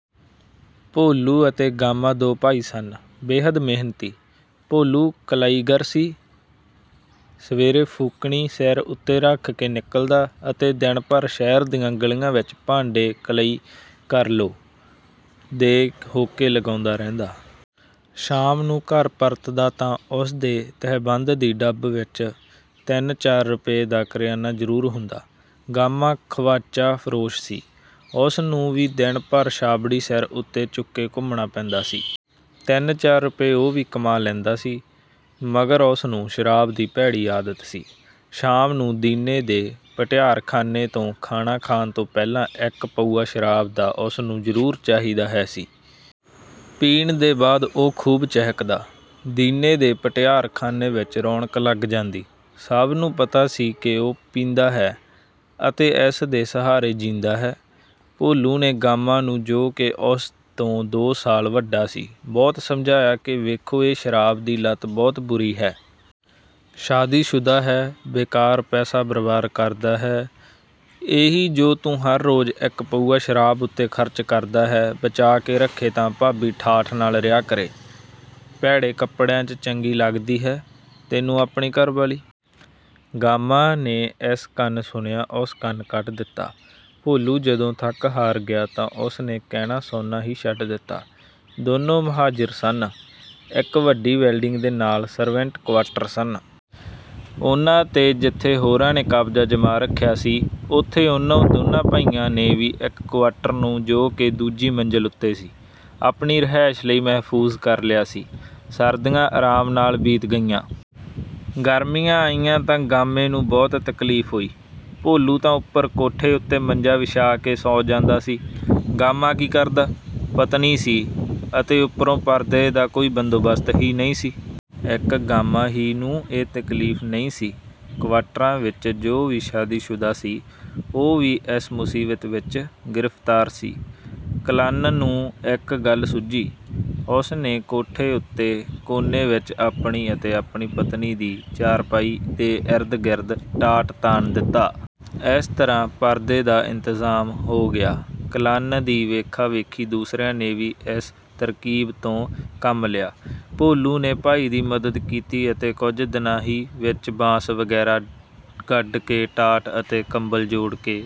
ਭੋਲੂ ਅਤੇ ਗਾਮਾ ਦੋ ਭਾਈ ਸਨ। ਬੇਹੱਦ ਮਿਹਨਤੀ। ਭੋਲੂ ਕਲਈਗਰ ਸੀ। ਸਵੇਰੇ ਫੂਕਣੀ ਸਿਰ ਉੱਤੇ ਰੱਖ ਕੇ ਨਿਕਲਦਾ ਅਤੇ ਦਿਨ ਭਰ ਸ਼ਹਿਰ ਦੀਆਂ ਗਲੀਆਂ ਵਿੱਚ "ਭਾਂਡੇ ਕਲਈ ਕਰਾ ਲਓ" ਦੇ ਹੋਕੇ ਲਗਾਉਂਦਾ ਰਹਿੰਦਾ। ਸ਼ਾਮ ਨੂੰ ਘਰ ਪਰਤਦਾ ਤਾਂ ਉਸ ਦੇ ਤਹਿਬੰਦ ਦੀ ਡੱਬ ਵਿੱਚ ਤਿੰਨ ਚਾਰ ਰੁਪਏ ਦਾ ਕਰਿਆਨਾ ਜਰੂਰ ਹੁੰਦਾ। ਗਾਮਾ ਖ਼ਵਾਂਚਾ ਫ਼ਰੋਸ਼ ਸੀ। ਉਸ ਨੂੰ ਵੀ ਦਿਨ ਭਰ ਛਾਬੜੀ ਸਿਰ ਉੱਤੇ ਚੁੱਕੇ ਘੁੰਮਣਾ ਪੈਂਦਾ ਸੀ। ਤਿੰਨ ਚਾਰ ਰੁਪਏ ਉਹ ਵੀ ਕਮਾ ਲੈਂਦਾ ਸੀ। ਮਗਰ ਉਸ ਨੂੰ ਸ਼ਰਾਬ ਦੀ ਭੈੜੀ ਆਦਤ ਸੀ। ਸ਼ਾਮ ਨੂੰ ਦੀਨੇ ਦੇ ਭਟਿਆਰਖ਼ਾਨੇ ਤੋਂ ਖਾਣਾ ਖਾਣ ਤੋਂ ਪਹਿਲਾਂ ਇੱਕ ਪਊਆ ਸ਼ਰਾਬ ਦਾ ਉਸਨੂੰ ਜ਼ਰੂਰ ਚਾਹੀਦਾ ਹੈ ਸੀ। ਪੀਣ ਦੇ ਬਾਅਦ ਉਹ ਖ਼ੂਬ ਚਹਿਕਦਾ। ਦੀਨੇ ਦੇ ਭਟਿਆਰ ਖ਼ਾਨੇ ਵਿੱਚ ਰੌਣਕ ਲੱਗ ਜਾਂਦੀ। ਸਭ ਨੂੰ ਪਤਾ ਸੀ ਕਿ ਉਹ ਪੀਂਦਾ ਹੈ ਅਤੇ ਇਸ ਦੇ ਸਹਾਰੇ ਜੀਂਦਾ ਹੈ। ਭੋਲੂ ਨੇ ਗਾਮਾ ਨੂੰ ਜੋ ਕਿ ਉਸ ਤੋਂ ਦੋ ਸਾਲ ਵੱਡਾ ਸੀ ਬਹੁਤ ਸਮਝਾਇਆ ਕਿ ਵੇਖੋ ਇਹ ਸ਼ਰਾਬ ਦੀ ਲਤ ਬਹੁਤ ਬੁਰੀ ਹੈ। ਸ਼ਾਦੀਸ਼ੁਦਾ ਹੈਂ, ਬੇਕਾਰ ਪੈਸਾ ਬਰਬਾਦ ਕਰਦਾ ਹੈਂ। ਇਹੀ ਜੋ ਤੂੰ ਹਰ ਰੋਜ ਇੱਕ ਪਊਆ ਸ਼ਰਾਬ ਉੱਤੇ ਖ਼ਰਚ ਕਰਦਾ ਹੈਂ ਬਚਾ ਕੇ ਰੱਖੇਂ ਤਾਂ ਭਾਬੀ ਠਾਠ ਨਾਲ ਰਿਹਾ ਕਰੇ। ਭੈੜੇ ਕੱਪੜਿਆਂ ਚ ਚੰਗੀ ਲੱਗਦੀ ਹੈ ਤੈਨੂੰ ਆਪਣੀ ਘਰ ਵਾਲੀ। ਗਾਮਾ ਨੇ ਇਸ ਕੰਨ ਸੁਣਿਆ ਉਸ ਕੰਨ ਕੱਢ ਦਿੱਤਾ। ਭੋਲੂ ਜਦੋਂ ਥੱਕ ਹਾਰ ਗਿਆ ਤਾਂ ਉਸ ਨੇ ਕਹਿਣਾ ਸੁਣਨਾ ਹੀ ਛੱਡ ਦਿੱਤਾ। ਦੋਨੋਂ ਮੁਹਾਜਿਰ ਸਨ। ਇੱਕ ਵੱਡੀ ਬਿਲਡਿੰਗ ਦੇ ਨਾਲ ਸਰਵੈਂਟ ਕੁਆਟਰ ਸਨ। ਉਨ੍ਹਾਂ ਤੇ ਜਿੱਥੇ ਹੋਰਾਂ ਨੇ ਕਬਜਾ ਜਮਾ ਰੱਖਿਆ ਸੀ, ਉੱਥੇ ਉਨ੍ਹਾਂ ਦੋਨੋਂ ਭਾਈਆਂ ਨੇ ਵੀ ਇੱਕ ਕੁਆਟਰ ਨੂੰ ਜੋ ਕਿ ਦੂਜੀ ਮੰਜ਼ਿਲ ਉੱਤੇ ਸੀ ਆਪਣੀ ਰਿਹਾਇਸ਼ ਲਈ ਮਹਿਫ਼ੂਜ਼ ਕਰ ਲਿਆ ਸੀ। ਸਰਦੀਆਂ ਆਰਾਮ ਨਾਲ ਬੀਤ ਗਈਆਂ। ਗਰਮੀਆਂ ਆਈਆਂ ਤਾਂ ਗਾਮੇ ਨੂੰ ਬਹੁਤ ਤਕਲੀਫ ਹੋਈ। ਭੋਲੂ ਤਾਂ ਉੱਪਰ ਕੋਠੇ ਉੱਤੇ ਮੰਜਾ ਵਿਛਾ ਕੇ ਸੌਂ ਜਾਂਦਾ ਸੀ। ਗਾਮਾ ਕੀ ਕਰਦਾ। ਪਤਨੀ ਸੀ। ਅਤੇ ਉੱਪਰੋਂ ਪਰਦੇ ਦਾ ਕੋਈ ਬੰਦੋਬਸਤ ਹੀ ਨਹੀਂ ਸੀ। ਇੱਕ ਗਾਮਾ ਹੀ ਨੂੰ ਇਹ ਤਕਲੀਫ ਨਹੀਂ ਸੀ। ਕਵਾਟਰਾਂ ਵਿੱਚ ਜੋ ਵੀ ਸ਼ਾਦੀਸ਼ੁਦਾ ਸੀ ਉਹ ਵੀ ਇਸ ਮੁਸੀਬਤ ਵਿੱਚ ਗਿਰਫਤਾਰ ਸੀ। ਕੱਲਨ ਨੂੰ ਇੱਕ ਗੱਲ ਸੁੱਝੀ। ਉਸ ਨੇ ਕੋਠੇ ਉੱਤੇ ਕੋਨੇ ਵਿੱਚ ਆਪਣੀ ਅਤੇ ਆਪਣੀ ਪਤਨੀ ਦੀ ਚਾਰਪਾਈ ਦੇ ਇਰਦ ਗਿਰਦ ਟਾਟ ਤਾਣ ਦਿੱਤਾ। ਇਸ ਤਰ੍ਹਾਂ ਪਰਦੇ ਦਾ ਇੰਤਜ਼ਾਮ ਹੋ ਗਿਆ। ਕੱਲਨ ਦੀ ਵੇਖਾ ਵੇਖੀ ਦੂਸਰਿਆਂ ਨੇ ਵੀ ਇਸ ਤਰਕੀਬ ਤੋਂ ਕੰਮ ਲਿਆ। ਭੋਲੂ ਨੇ ਭਾਈ ਦੀ ਮਦਦ ਕੀਤੀ ਅਤੇ ਕੁਝ ਦਿਨਾਂ ਹੀ ਵਿੱਚ ਬਾਂਸ ਵਗ਼ੈਰਾ ਗੱਡ ਕੇ ਟਾਟ ਅਤੇ ਕੰਬਲ ਜੋੜ ਕੇ